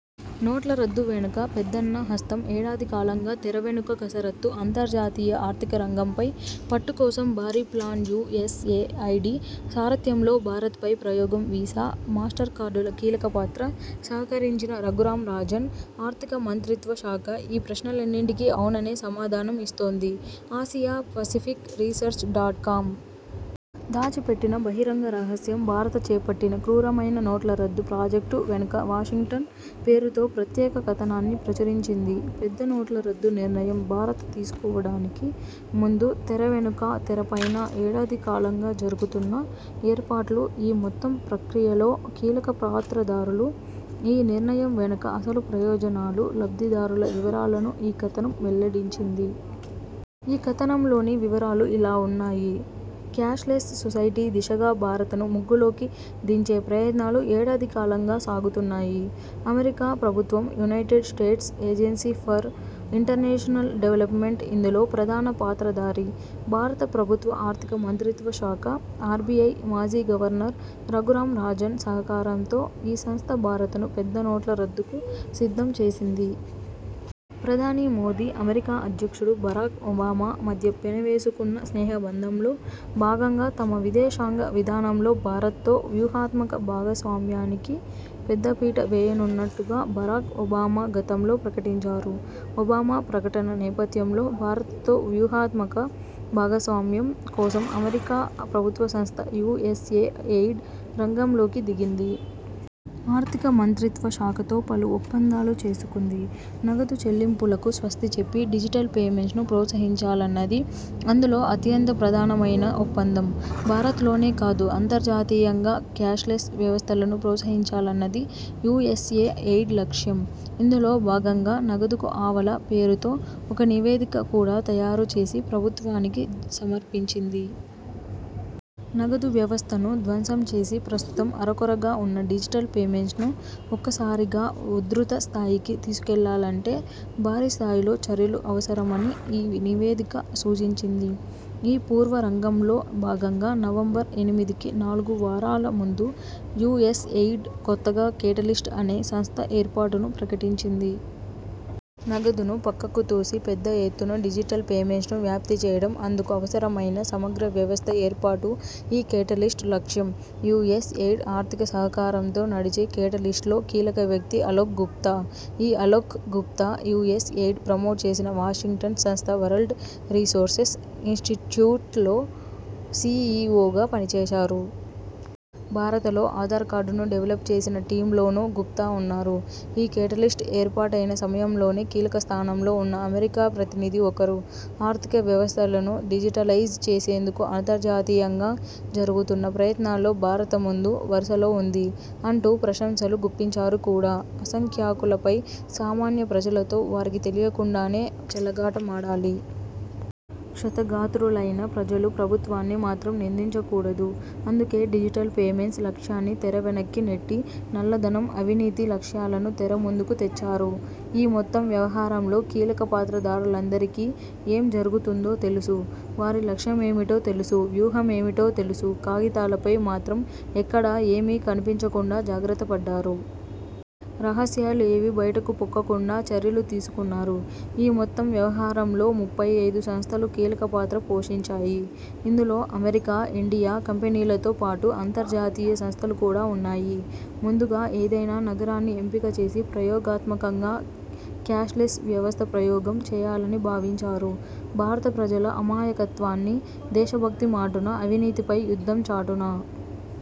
నోట్ల రద్దు వెనక పెద్దన్న హస్తం ఏడాది కాలంగా తెరవెనుక కసరత్తు అంతర్జాతీయ ఆర్థిక రంగంపై పట్టుకోసం భారీ plan U S A ID సారథ్యంలో భారత్ పై ప్రయోగం వీసా, మాస్టర్ కార్డుల కీలకపాత్ర సహకరించిన రఘురామ్ రాజన్, ఆర్థిక మంత్రిత్వ శాఖ ఈ ప్రశ్నలన్నింటికీ ఔననే సమాధానం ఇస్తోంది Asia Pacific Research dot com. ''దాచిపెట్టిన బహిరంగ రహస్యం భారత చేపట్టిన క్రూరమైన నోట్ల రద్దు ప్రాజెక్టు వెనక వాషింగ్టన్'' పేరుతో ప్రత్యేక కథనాన్ని ప్రచురించింది. పెద్ద నోట్ల రద్దు నిర్ణయం భారత తీసుకోవడానికి ముందు, తెరవెనుకా, తెరపైనా ఏడాది కాలంగా జరుగుతున్న 'ఏర్పాట్లు', ఈ మొత్తం ప్రక్రియలో కీలక పాత్రధారులు, ఈ నిర్ణయం వెనక అసలు ప్రయోజనాలు, లబ్దిదారుల వివరాలను ఈ కథనం వెల్లడించింది. ఈ కథనంలోని వివరాలు ఇలా ఉన్నాయి. క్యాష్లెస్ సొసైటీ దిశగా భారతను ముగ్గులోకి దించే ప్రయత్నాలు ఏడాదికాలంగా సాగుతున్నాయి. అమెరికా ప్రభుత్వం United States Agency for International Development ఇందులో ప్రధాన పాత్రధారి. భారత ప్రభుత్వ ఆర్థిక మంత్రిత్వ శాఖ, ఆర్బిఐ మాజీ గవర్నర్ రఘురామ్ రాజన్ సహకారంతో ఈ సంస్థ భారతను పెద్ద నోట్ల రద్దుకు సిద్ధం చేసింది. ప్రధాని మోదీ, అమెరికా అధ్యక్షుడు బరాక్ ఒబామా మధ్య పెనవేసుకున్న స్నేహబంధంలో భాగంగా తమ విదేశాంగ విధానంలో భారత్ తో వ్యూహాత్మక భాగస్వామ్యానికి పెద్దపీట వేయనున్నట్టుగా బరాక్ ఒబామా గతంలో ప్రకటించారు. ఒబామా ప్రకటన నేపథ్యంలో భారతతో వ్యూహాత్మక భాగస్వామ్యం కోసం అమెరికా ప్రభుత్వ సంస్థ యుఎస్ఏ ఎయిడ్ రంగంలోకి దిగింది. ఆర్థిక మంత్రిత్వ శాఖతో పలు ఒప్పందాలు చేసుకుంది. నగదు చెల్లింపులకు స్వస్తి చెప్పి డిజిటల్ పేమెంట్స్ను ప్రోత్సహించాలన్నది అందులో అత్యంత ప్రధానమైన ఒప్పందం. భారత్ లోనే కాదు అంతర్జాతీయంగా క్యాష్లెస్ వ్యవస్థలను ప్రోత్సహించాలన్నది యుఎస్ఏ ఎయిడ్ లక్ష్యం. ఇందులో భాగంగా '' నగదుకు ఆవల'' పేరుతో ఒక నివేదిక కూడా తయారు చేసి ప్రభుత్వానికి సమర్పించింది. నగదు వ్యవస్థను ధ్వంసం చేసి, ప్రస్తుతం అరకొరగా ఉన్న డిజిటల్ పేమెంట్స్ను ఒక్కసారిగా ఉధృత స్థాయికి తీసుకెళ్లాలంటే భారీ స్థాయిలో చర్యలు అవసరమని ఈ నివేదిక సూచించింది. ఈ పూర్వరంగంలో భాగంగా నవంబర్ ఎనిమిదికి నాలుగు వారాల ముందు, యుఎ్సఎయిడ్ కొత్తగా కేటలిస్ట్ అనే సంస్థ ఏర్పాటును ప్రకటించింది. నగదును పక్కకు తోసి పెద్ద ఎత్తున డిజిటల్ పేమెంట్స్ను వ్యాప్తిచేయడం, అందుకు అవసరమైన సమగ్ర వ్యవస్థ ఏర్పాటు ఈ కేటలిస్ట్ లక్ష్యం. యుఎస్ ఎయిడ్ ఆర్థిక సహకారంతో నడిచే కేటలిస్ట్లో కీలక వ్యక్తి అలోక్ గుప్తా. ఈ Alok Gupta, US aid promote చేసిన వాషింగ్టన్ సంస్థ వరల్డ్ రీసోర్సెస్ ఇనిస్టిట్యూట్లో సిఇఒగా పనిచేశారు. భారతలో ఆధార్ కార్డును డెవలప్ చేసిన టీమ్లోనూ గుప్తా ఉన్నారు. ఈ కేటలిస్ట్ ఏర్పాటైన సమయంలోనే కీలకస్థానంలో ఉన్న అమెరికా ప్రతినిధి ఒకరు, ''ఆర్థిక వ్యవస్థలను డిజిటలైజ్ చేసేందుకు అంతర్జాతీయంగా జరుగుతున్న ప్రయత్నాల్లో భారత ముందు వరుసలో ఉంది'' అంటూ ప్రశంసలు గుప్పించారు కూడా. అసంఖ్యాకులపై సామాన్య ప్రజలతో వారికి తెలియకుండానే చెలగాటమాడాలి. క్షతగాత్రులైన ప్రజలు ప్రభుత్వాన్ని మాత్రం నిందించ కూడదు. అందుకే డిజిటల్ పేమెంట్స్ లక్ష్యాన్ని తెరవెనక్కి నెట్టి, నల్లధనం, అవినీతి లక్ష్యాలను తెరముందుకు తెచ్చారు. ఈ మొత్తం వ్యవహారంలో కీలకపాత్రధారులందరికీ ఏం జరుగుతుందో తెలుసు, వారి లక్ష్యమేమిటో తెలుసు, వ్యూహమేమిటో తెలుసు.. కాగితాలపై మాత్రం ఎక్కడా ఏమీ కనిపించకుండా జాగ్రత్తపడ్డారు. రహస్యాలేవీ బయటకు పొక్కకుండా చర్యలు తీసుకున్నారు. ఈ మొత్తం వ్యవహారంలో ముప్పై ఐదు సంస్థలు కీలకపాత్ర పోషించాయి. ఇందులో అమెరికా, ఇండియా కంపెనీలతో పాటు అంతర్జాతీయ సంస్థలు కూడా ఉన్నాయి. ముందుగా ఏదైనా నగరాన్ని ఎంపిక చేసి ప్రయోగాత్మకంగా క్యాష్లెస్ వ్యవస్థ ప్రయోగం చేయాలని భావించారు. భారత ప్రజల అమాయకత్వాన్ని, దేశభక్తిమాటున, అవినీతిపై యుద్ధం చాటున